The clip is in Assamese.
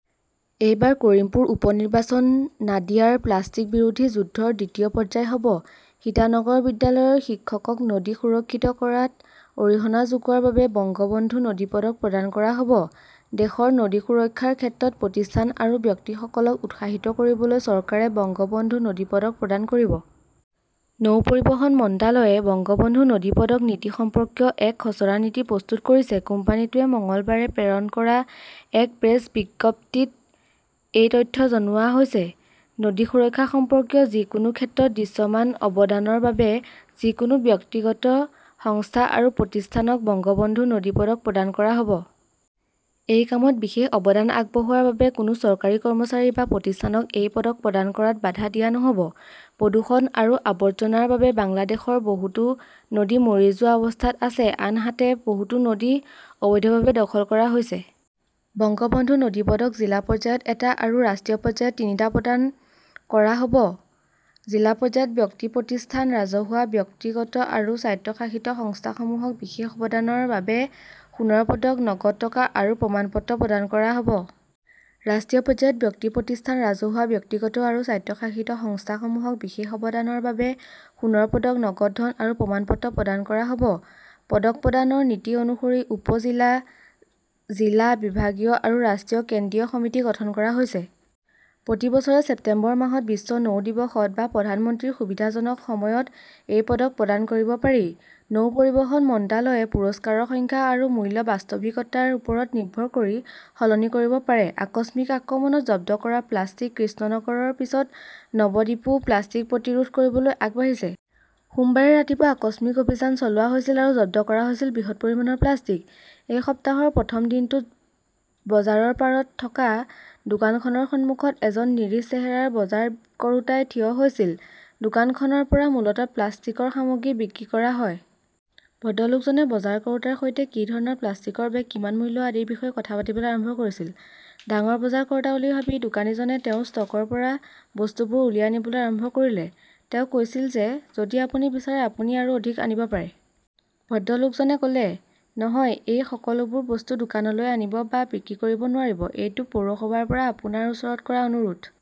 এইবাৰ কৰিমপুৰ উপ-নিৰ্বাচন নাদিয়াৰ প্লাষ্টিক বিৰোধী যুদ্ধৰ দ্বিতীয় পৰ্যায় হ'ব। সীতানগৰ বিদ্যালয়ৰ শিক্ষকক নদী সুৰক্ষিত কৰাত অৰিহণা যোগোৱাৰ বাবে 'বঙ্গবন্ধু নদী পদক 'প্ৰদান কৰা হ'ব। দেশৰ নদী সুৰক্ষাৰ ক্ষেত্ৰত প্ৰতিষ্ঠান আৰু ব্যক্তিসকলক উৎসাহিত কৰিবলৈ চৰকাৰে 'বঙ্গবন্ধু নদী পদক 'প্ৰদান কৰিব। নৌ পৰিবহণ মন্ত্ৰালয়ে 'বঙ্গবন্ধু নদী পদক' নীতি সম্পৰ্কীয় এক খচৰা নীতি প্ৰস্তুত কৰিছে। কোম্পানীটোৱে মঙলবাৰে প্ৰেৰণ কৰা এক প্ৰেছ বিজ্ঞপ্তিত এই তথ্য জনোৱা হৈছে। নদী সুৰক্ষা সম্পৰ্কীয় যিকোনো ক্ষেত্ৰত দৃশ্যমান অৱদানৰ বাবে যিকোনো ব্যক্তিগ ত সংস্থা আৰু প্ৰতিষ্ঠানক 'বঙ্গবন্ধু নদী পদক' প্ৰদান কৰা হ" ব। এই কামত বিশেষ অৱদান আগবঢ়োৱাৰ বাবে কোনো চৰকাৰী কৰ্মচাৰী বা প্ৰতিষ্ঠানক এই পদক প্ৰদান কৰাত বাধা দিয়া নহ 'ব। প্ৰদূষণ আৰু আৱৰ্জনাৰ বাবে বাংলাদেশৰ বহুতো নদী মৰি যোৱা অৱস্থাত আছে, আনহাতে বহুতো নদী অবৈধভাৱে দখল কৰা হৈছে। 'বঙ্গবন্ধু নদী পদক 'জিলা পৰ্যায়ত এটা আৰু ৰাষ্ট্ৰীয় পৰ্যায়ত তিনিটা প্ৰদান কৰা হ'ব। জিলা পৰ্যায়ত ব্যক্তি প্ৰতিষ্ঠান, ৰাজহুৱা, ব্যক্তিগত আৰু স্বায়ত্তশাসিত সংস্থাসমূহক বিশেষ অৱদানৰ বাবে সোণৰ পদক, নগদ টকা আৰু প্ৰমাণপত্ৰ প্ৰদান কৰা হ 'ব। ৰাষ্ট্ৰীয় পৰ্যায়ত ব্যক্তি প্ৰতিষ্ঠান, ৰাজহুৱা, ব্যক্তিগত আৰু স্বায়ত্তশাসিত সংস্থাসমূহক বিশেষ অৱদানৰ বাবে সোনৰ পদক, নগদ ধন আৰু প্ৰমাণপত্ৰ প্ৰদান কৰা হ 'ব। পদক প্ৰদানৰ নীতি অনুসৰি উপ-জিলা, জিলা, বিভাগীয় আৰু ৰাষ্ট্ৰীয় কেন্দ্ৰীয় সমিতি গঠন কৰা হৈছে। প্ৰতি বছৰে ছেপ্টেম্বৰ মাহত বিশ্ব নৌ দিৱসত বা প্ৰধানমন্ত্ৰীৰ সুবিধাজনক সময়ত এই পদক প্ৰদান কৰিব পাৰি। নৌ পৰিবহণ মন্ত্ৰালয়ে পুৰস্কাৰৰ সংখ্যা আৰু মূল্য বাস্তৱিকতাৰ ওপৰত নিৰ্ভৰ কৰি সলনি কৰিব পাৰে। আকস্মিক আক্ৰমণত জব্দ কৰা প্লাষ্টিক কৃষ্ণনগৰৰ পিছত, নৱদ্বীপও প্লাষ্টিক প্ৰতিৰোধ কৰিবলৈ আগবাঢ়িছে। সোমবাৰে ৰাতিপুৱা আকস্মিক অভিযান চলোৱা হৈছিল আৰু জব্দ কৰা হৈছিল বৃহৎ পৰিমাণৰ প্লাষ্টিক। এই সপ্তাহৰ প্ৰথম দিনটোত বজাৰৰ পাৰত থকা দোকানখনৰ সন্মুখত এজন নিৰীহ চেহেৰাৰ বজাৰ কৰোতাই থিয় হৈছিল। দোকানখনৰ পৰা মূলতঃ প্লাষ্টিকৰ সামগ্ৰী বিক্ৰী কৰা হয়। ভদ্ৰলোকজনে বজাৰ কৰোঁতাৰ সৈতে কি ধৰণৰ প্লাষ্টিকৰ বেগ, কিমান মূল্য আদিৰ বিষয়ে কথা পাতিবলৈ আৰম্ভ কৰিছিল। ডাঙৰ বজাৰ কৰোঁতা বুলি ভাবি, দোকানীজনে তেওঁৰ ষ্টকৰ পৰা বস্তুবোৰ উলিয়াই আনিবলৈ আৰম্ভ কৰিলে। তেওঁ কৈছিল যে যদি আপুনি বিচাৰে আপুনি আৰু অধিক আনিব পাৰে। ভদ্ৰলোকজনে কলে ,নহয এই সকলোবোৰ বস্তু দোকানলৈ আনিব বা বিক্ৰী কৰিব নোৱাৰিব। এইটো পৌৰসভাৰ পৰা আপোনাৰ ওচৰত কৰা অনুৰোধ।